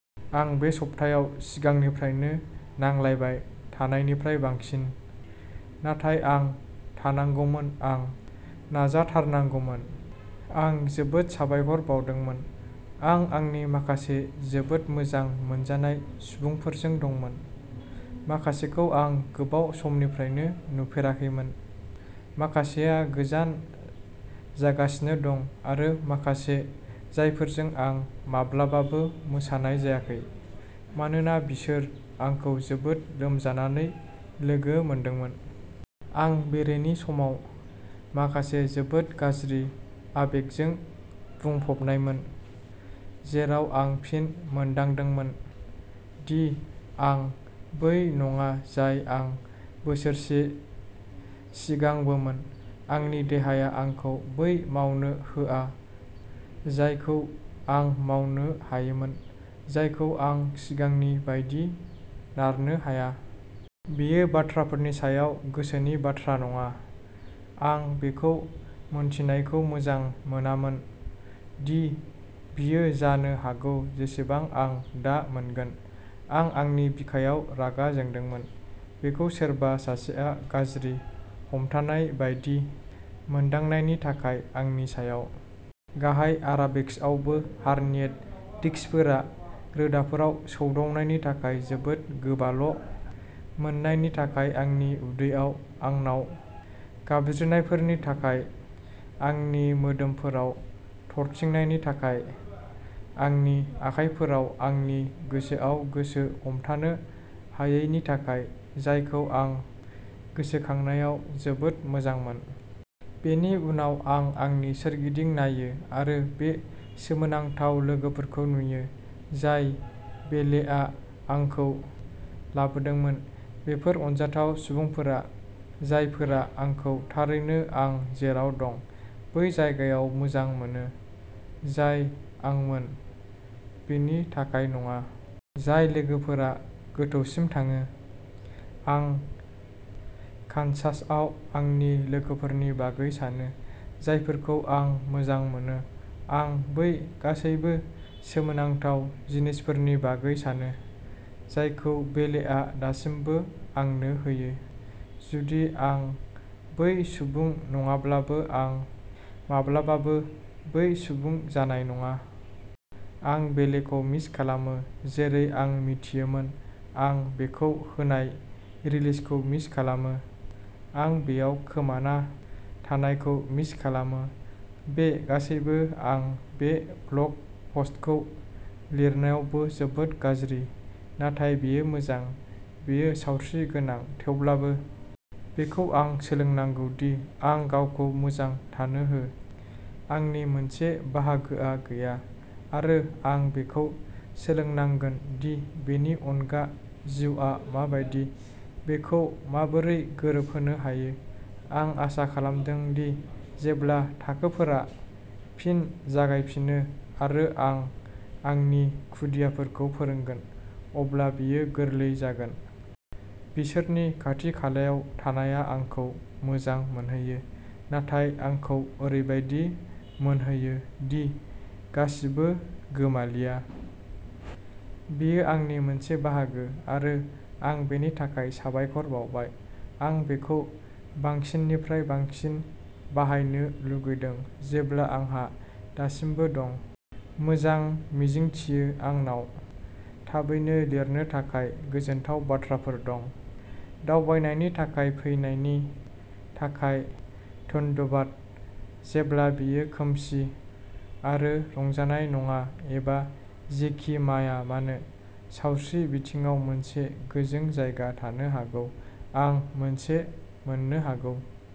आं बे सप्तायाव सिगांनिफ्रायनो नांलायबाय थानायनिफ्राय बांसिन, नाथाय आं थांनांगौमोन आं नाजाथारनांगौमोन। आं जोबोद साबायखर बावदोंमोन। आं आंनि माखासे जोबोद मोजां मोनजानाय सुबुंफोरजों दंमोन, माखासेखौ आं गोबाव समनिफ्रायनो नुफेराखैमोन, माखासेया गोजान जागासिनो दं आरो माखासे जायफोरजों आं माब्लाबाबो मोसानाय जायाखै, मानोना बिसोरो आंखौ जोबोद लोमजानानै लोगो मोनदोंमोन। आं बेरेनि समाव माखासे जोबोद गाज्रि आबेगजों बुंफबनायमोन। जेराव आं फिन मोनदांदोंमोन दि आं बै नङा जाय आं बोसोरसे सिगांबोमोन। आंनि देहाया आंखौ बै मावनो होआ जायखौ आं मावनो हायोमोन। जायखौ आं सिगांनि बायदि नारनो हाया। बेयो बाथ्राफोरनि सायाव गोसोनि बाथ्रा नङा। आं बेखौ मिन्थिनायखौ मोजां मोनामोन दि बियो जानो हागौ जेसेबां आं दा मोनगोन। आं आंनि बिखायाव रागा जोंदोंमोन, बेखौ सोरबा सासेआ गाज्रि हमथानाय बायदि मोनदांनायनि थाखाय आंनि सायाव। गाहाय आराबेस्कआवबो हार्नियेट डिस्कफोरा रोदाफोराव सौदावनायनि थाखाय जोबोद गोबाल' मोनानायनि थाखाय आंनि उदैयाव आंनाव गाबज्रिनायफोरनि थाखाय आंनि मोदोमफोराव थरथिंनायनि थाखाय आंनि आखायफोराव आंनि गोसोआव गोसो हमथानो हायैनि थाखाय जायखौ आं गोसोखांनायाव जोबोद मोजांमोन। बेनि उनाव आं आंनि सोरगिदिं नायो आरो बे सोमोनांथाव लोगोफोरखौ नुयो, जाय बेलेआ आंखौ लाबोदोंमोन। बेफोर अनजाथाव सुबुंफोरा जायफोरा आंखौ थारैनो आं जेराव दं, बै जायगायाव मोजां मोनो, जाय आंमोन बिनि थाखाय नङा। जाय लोगोफोरा गोथौसिम थाङो। आं कानसासआव आंनि लोगोफोरनि बागै सानो, जायफोरखौ आं मोजां मोनो। आं बै गासैबो सोमोनांथाव जिनिसफोरनि बागै सानो, जायखौ बेलेआ दासिमबो आंनो होयो, जुदि आं बै सुबुं नङाब्लाबो, आं माब्लाबाबो बै सुबुं जानाय नङा। आं बेलेखौ मिस खालामो, जेरै आं मिथियोमोन। आं बेखौ होनाय रिलिजखौ मिस खालामो, आं बेयाव खोमाना थानायखौ मिस खालामो। बे गासैबो। आं बे ब्ल'ग पस्टखौ लिरनायावबो जोबोद गाज्रि। नाथाय बेयो मोजां। बेयो सावस्रि गोनां, थेवब्लाबो। बेखौ आं सोलोंनांगौ दि आं गावखौ मोजां थानो हो। आंनि मोनसे बाहागोआ गैया, आरो आं बेखौ सोलोंनांगोन दि बेनि अनगा जिउआ मा बायदि, बेखौ माबोरै गोरोबहोनो हायो। आं आसा खालामदों दि जेब्ला थाखोफोरा फिन जागायफिनो आरो आं आंनि खुदियाफोरखौ फोरोंगोन, अब्ला बेयो गोरलै जागोन। बिसोरनि खाथि-खालायाव थानाया आंखौ मोजां मोनहोयो, नाथाय आंखौ ओरैबायदिबो मोनहोयो दि गासिबो गोमालिया। बेयो आंनि मोनसे बाहागो आरो आं बेनि थाखाय साबायखर बावबाय। आं बेखौ बांसिननिफ्राय बांसिन बाहायनो लुगैदों जेब्ला आंहा दासिमबो दं। मोजां मिजिंथियो आंनाव थाबैनो लिरनो थाखाय गोजोनथाव बाथ्राफोर दं। दावबायनायनि थाखाय फैनायनि थाखाय धन्यबाद जेब्ला बेयो खोमसि आरो रंजानाय नङा एबा जेखि जाया मानो। सावस्रि बिथिङाव मोनसे गोजों जायगा थानो हागौ। आं मोनसे मोननो हागौ।